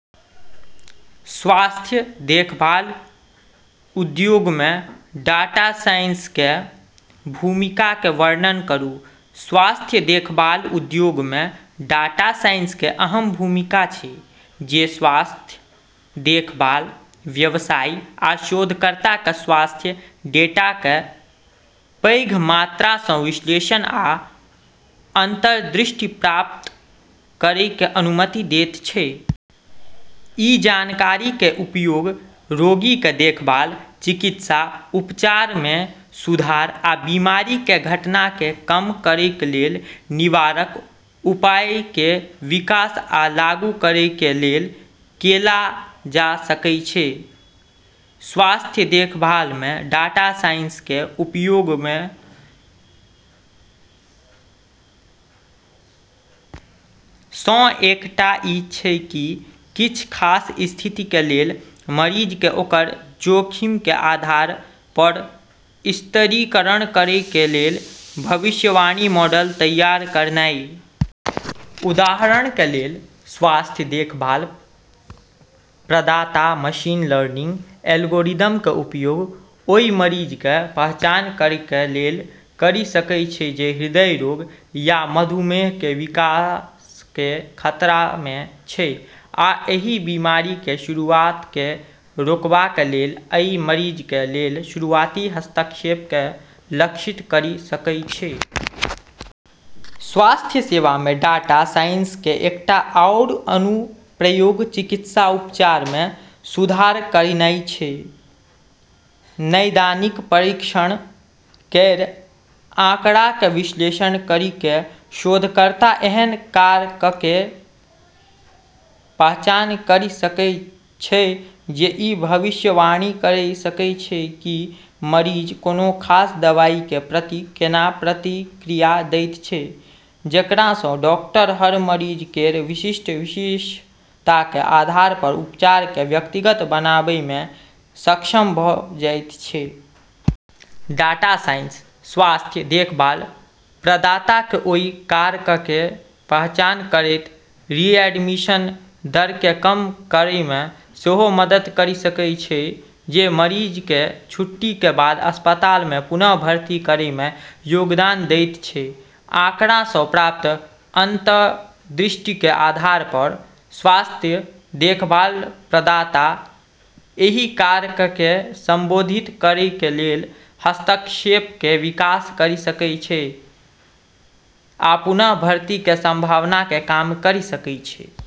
स्वास्थ्य देखभाल उद्योगमे डाटा साइंसके भूमिकाके वर्णन करू - स्वास्थ्य देखभाल उद्योगमे डाटा साइंसके अहम भूमिका छै, जे स्वास्थ्य देखभाल व्यवसायी आ शोधकर्ताके स्वास्थ्य डेटाके पैघ मात्रासँ विश्लेषण आ अंतर्दृष्टि प्राप्त करैके अनुमति दैत छै। ई जानकारीके उपयोग रोगीके देखभाल, चिकित्सा उपचारमे सुधार आ बीमारिके घटनाके कम करैके लेल निवारक उपायके विकास आ लागू करैके लेल कैल जा सकै छै। स्वास्थ्य देखभालमे डाटा साइंसके उपयोगमे सँ एकटा ई छै कि किछ खास स्थितिके लेल मरीजके ओकर जोखिमके आधार पर स्तरीकरण करैके लेल भविष्यवाणी मॉडल तैयार करनाइ। उदाहरणके लेल, स्वास्थ्य देखभाल प्रदाता मशीन लर्निंग एल्गोरिदमके उपयोग ओइ मरीजके पहचान करैके लेल करि सकय छै जे हृदय रोग या मधुमेहके विकासके खतरामे छै आ एहि बीमारिके शुरुआतके रोकबाके लेल अइ मरीजके लेल शुरुआती हस्तक्षेपके लक्षित करि सकय छै। स्वास्थ्य सेवामे डाटा साइंसके एकटा आओर अनुप्रयोग चिकित्सा उपचारमे सुधार करनाइ छै। नैदानिक परीक्षण केर आँकड़ाके विश्लेषण करिके शोधकर्ता एहन कारकके पहचान करि सकै छै जे ई भविष्यवाणी करि सकै छै कि मरीज कोनो खास दवाइके प्रति केना प्रतिक्रिया दैत छै, जेकरासँ डॉक्टर हर मरीज केर विशिष्ट विशेषताके आधार पर उपचारके व्यक्तिगत बनाबैमे सक्षम भ' जाइत छै। डाटा साइंस स्वास्थ्य देखभाल प्रदाताके ओइ कारकके पहचान करैत रिएडमिशन दरके कम करैमे सेहो मदद करि सकै छै जे मरीजके छुट्टीके बाद अस्पतालमे पुनः भर्ती करैमे योगदान दैत छै। आँकड़ासँ प्राप्त अंतर्दृष्टिके आधार पर स्वास्थ्य देखभाल प्रदाता एहि कारकके संबोधित करैके लेल हस्तक्षेपके विकास करि सकै छै आ पुनः भर्तीके संभावनाके कम करि सकै छै।